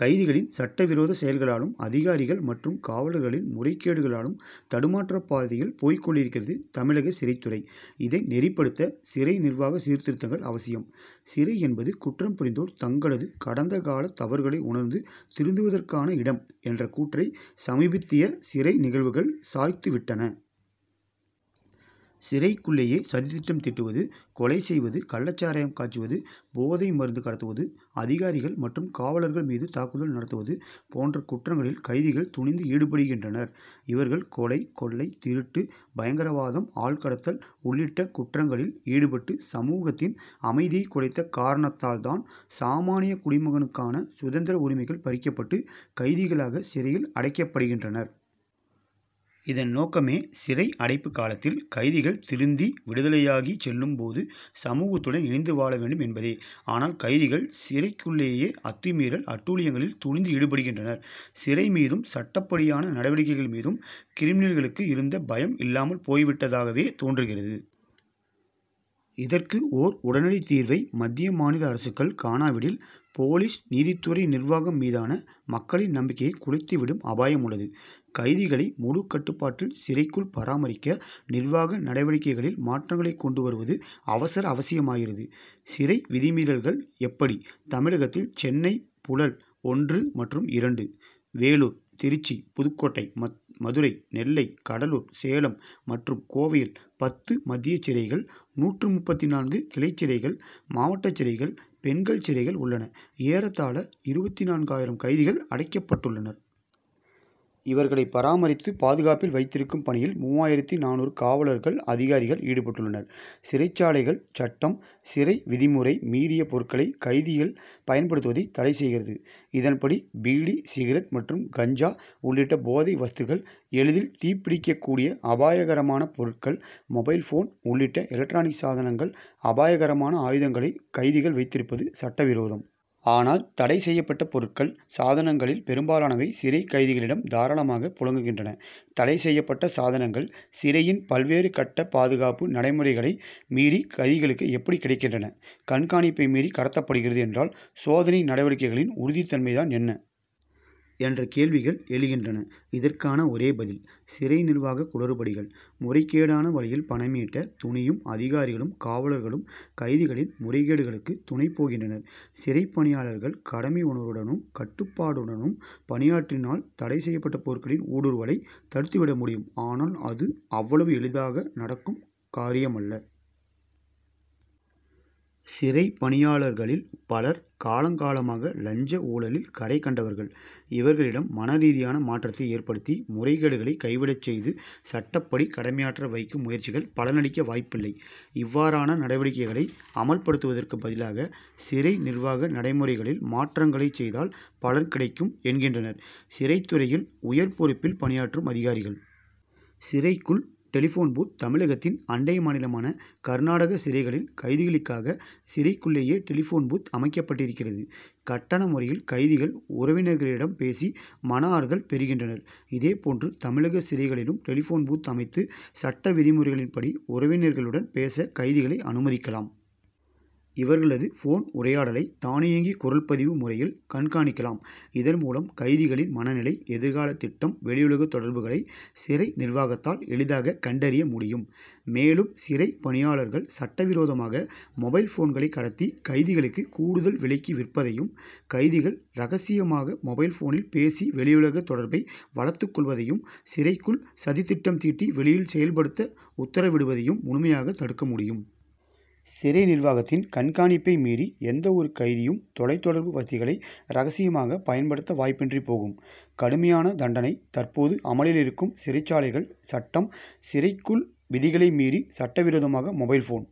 கைதிகளின் சட்டவிரோத செயல்களாலும், அதிகாரிகள் மற்றும் காவலர்களின் முறைகேடுகளாலும் தடுமாற்றப்பாதையில் போய்க் கொண்டிருக்கிறது, தமிழக சிறைத்துறை. இதை நெறிப்படுத்த, சிறை நிர்வாக சீர்திருத்தங்கள் அவசியம். சிறை என்பது, குற்றம்புரிந்தோர் தங்களது கடந்த கால தவறுகளை உணர்ந்து திருந்துவதற்கான இடம்' என்ற கூற்றை, சமீபத்திய சிறை நிகழ்வுகள் சாய்த்துவிட்டன. சிறைக்குள்ளேயே சதி திட்டம் தீட்டுவது, கொலை செய்வது, கள்ளச்சாராயம் காய்ச்சுவது, போதை மருந்து கடத்துவது, அதிகாரிகள் மற்றும் காவலர்கள் மீது தாக்குதல் நடத்துவது போன்ற குற்றங்களில் கைதிகள் துணிந்து ஈடுபடுகின்றனர். இவர்கள் கொலை, கொள்ளை, திருட்டு, பயங்கரவாதம், ஆள் கடத்தல் உள்ளிட்ட குற்றங்களில் ஈடுபட்டு சமூகத்தின் அமைதியை குலைத்த காரணத்தால்தான், சாமானிய குடிமகனுக்கான சுதந்திர உரிமைகள் பறிக்கப்பட்டு, கைதிகளாக சிறையில் அடைக்கப்படுகின்றனர். இதன் நோக்கமே, சிறை அடைப்பு காலத்தில் கைதிகள் திருந்தி, விடுதலையாகி செல்லும் போது சமூகத்துடன் இணைந்து வாழ வேண்டும் என்பதே. ஆனால், கைதிகள் சிறைக்குள்ளேயே அத்துமீறல், அட்டூழியங்களில் துணிந்து ஈடுபடுகின்றனர். சிறை மீதும், சட்டப்படியான நடவடிக்கைகளின் மீதும் கிரிமினல்களுக்கு இருந்த பயம் இல்லாமல் போய்விட்டதாகவே தோன்றுகிறது. இதற்கு ஓர் உடனடி தீர்வை மத்திய, மாநில அரசுகள் காணாவிடில் போலீஸ், நீதித்துறை, நிர்வாகம் மீதான மக்களின் நம்பிக்கையை குலைத்துவிடும் அபாயமுள்ளது. கைதிகளை முழு கட்டுப்பாட்டில் சிறைக்குள் பராமரிக்க, நிர்வாக நடவடிக்கைகளில் மாற்றங்களை கொண்டுவருவது அவசர அவசியமாகிறது. சிறை விதிமீறல்கள் எப்படி தமிழகத்தில் சென்னை புழல் ஒன்று மற்றும் இரண்டு, வேலூர், திருச்சி, புதுக்கோட்டை, மதுரை, நெல்லை, கடலூர், சேலம் மற்றும் கோவையில் பத்து மத்திய சிறைகள், நூற்று முப்பத்து நான்கு கிளைச்சிறைகள், மாவட்டச்சிறைகள், பெண்கள் சிறைகள் உள்ளன, ஏறத்தாழ இருபத்து நான்கு ஆயிரம் கைதிகள் அடைக்கப்பட்டுள்ளனர். இவர்களை பராமரித்து, பாதுகாப்பில் வைத்திருக்கும் பணியில் மூவாயிரத்து நானூறு காவலர்கள், அதிகாரிகள் ஈடுபட்டுள்ளனர். சிறைச்சாலைகள் சட்டம், சிறைவிதிமுறை மீறிய பொருட்களை கைதிகள் பயன்படுத்துவதை தடை செய்கிறது. இதன்படி பீடி, சிகரெட் மற்றும் கஞ்சா உள்ளிட்ட போதை வஸ்துகள், எளிதில் தீப்பிடிக்கக்கூடிய அபாயகரமான பொருட்கள், மொபைல் போன் உள்ளிட்ட எலக்ட்ரானிக் சாதனங்கள், அபாயகரமான ஆயுதங்களை கைதிகள் வைத்திருப்பது சட்டவிரோதம். ஆனால், தடை செய்யப்பட்ட பொருட்கள், சாதனங்களில் பெரும்பாலானவை சிறை கைதிகளிடம் தாராளமாக புழங்குகின்றன. தடை செய்யப் பட்ட சாதனங்கள், சிறையின் பல்வேறு கட்ட பாதுகாப்பு நடைமுறைகளை மீறி கைதிகளுக்கு எப்படி கிடைக்கின்றன? கண்காணிப்பை மீறி கடத்தப்படுகிறது என்றால், சோதனை நடவடிக்கைகளின் உறுதி தன்மை தான் என்ன? என்ற கேள்விகள் எழுகின்றன. இதற்கான ஒரே பதில், சிறை நிர்வாக குளறுபடிகள். முறைகேடான வழியில் பணம் ஈட்ட துணியும்அதிகாரிகளும், காவலர்களும் கைதிகளின் முறைகேடுகளுக்கு துணை போகின்றனர். சிறை பணியாளர்கள் கடமை உணர்வுடனும், கட்டுப்பாட்டுடனும் பணியாற்றினால், தடை செய்யப்பட்ட பொருட்களின் ஊடுருவலை தடுத்துவிட முடியும், ஆனால், அது அவ்வளவு எளிதாக நடக்கும் காரியமல்ல. சிறை பணியாளர்களில் பலர் காலங்காலமாக லஞ்ச, ஊழலில் கரைகண்டவர்கள். இவர்களிடம் மன ரீதியான மாற்றத்தை ஏற்படுத்தி, முறைகேடுகளை கைவிடச் செய்து, சட்டப்படி கடமையாற்ற வைக்கும் முயற்சிகள் பலனளிக்க வாய்ப்பில்லை. இவ்வாறான நடவடிக்கைகளை அமல்படுத்துவதற்கு பதிலாக, சிறை நிர்வாக நடைமுறைகளில் மாற்றங்களை செய்தால் பலன் கிடைக்கும் என்கின்றனர், சிறைத்துறையில் உயர்பொறுப்பில் பணியாற்றும் அதிகாரிகள். சிறைக்குள் டெலிபோன் பூத் தமிழகத்தின் அண்டை மாநிலமான கர்நாடக சிறைகளில் கைதிகளுக்காக சிறைக்குள்ளேயே டெலிபோன் பூத்' அமைக்கப்பட்டிருக்கிறது. கட்டண முறையில் கைதிகள் உறவினர்களிடம் பேசி, மன ஆறுதல் பெறுகின்றனர். இதே போன்று, தமிழக சிறைகளிலும் டெலிபோன் பூத்' அமைத்து, சட்ட விதிமுறைகளின்படி உறவினருடன் பேச கைதிகளை அனுமதிக்கலாம். இவர்களது போன் உரையாடலை, தானியங்கி குரல் பதிவு முறையில் கண்காணிக்கலாம். இதன் மூலம், கைதிகளின் மனநிலை, எதிர்கால திட்டம், வெளியுலக தொடர்புகளை சிறை நிர்வாகத்தால் எளிதாக கண்டறிய முடியும். மேலும், சிறை பணியாளர்கள் சட்டவிரோதமாக மொபைல் போன்களை கடத்தி கைதிகளுக்கு கூடுதல் விலைக்கு விற்பதையும், கைதிகள் ரகசியமாக மொபைல் போனில் பேசி வெளியுலக தொடர்பை வளர்த்துக் கொள்வதையும், சிறைக்குள் சதித்திட்டம் தீட்டி வெளியில் செயல்படுத்த உத்தரவிடுவதையும், முழுமையாக தடுக்க முடியும். சிறை நிர்வாகத்தின் கண்காணிப்பை மீறி, எந்தவொரு கைதியும் தொலைதொடர்பு வசதிகளை ரகசியமாக பயன்படுத்த வாய்ப்பின்றி போகும். கடுமையான தண்டனை தற்போது அமலில் இருக்கும் சிறைச்சாலைகள் சட்டம்', சிறைக்குள் விதிகளை மீறி சட்டவிரோதமாக மொபைல் போன்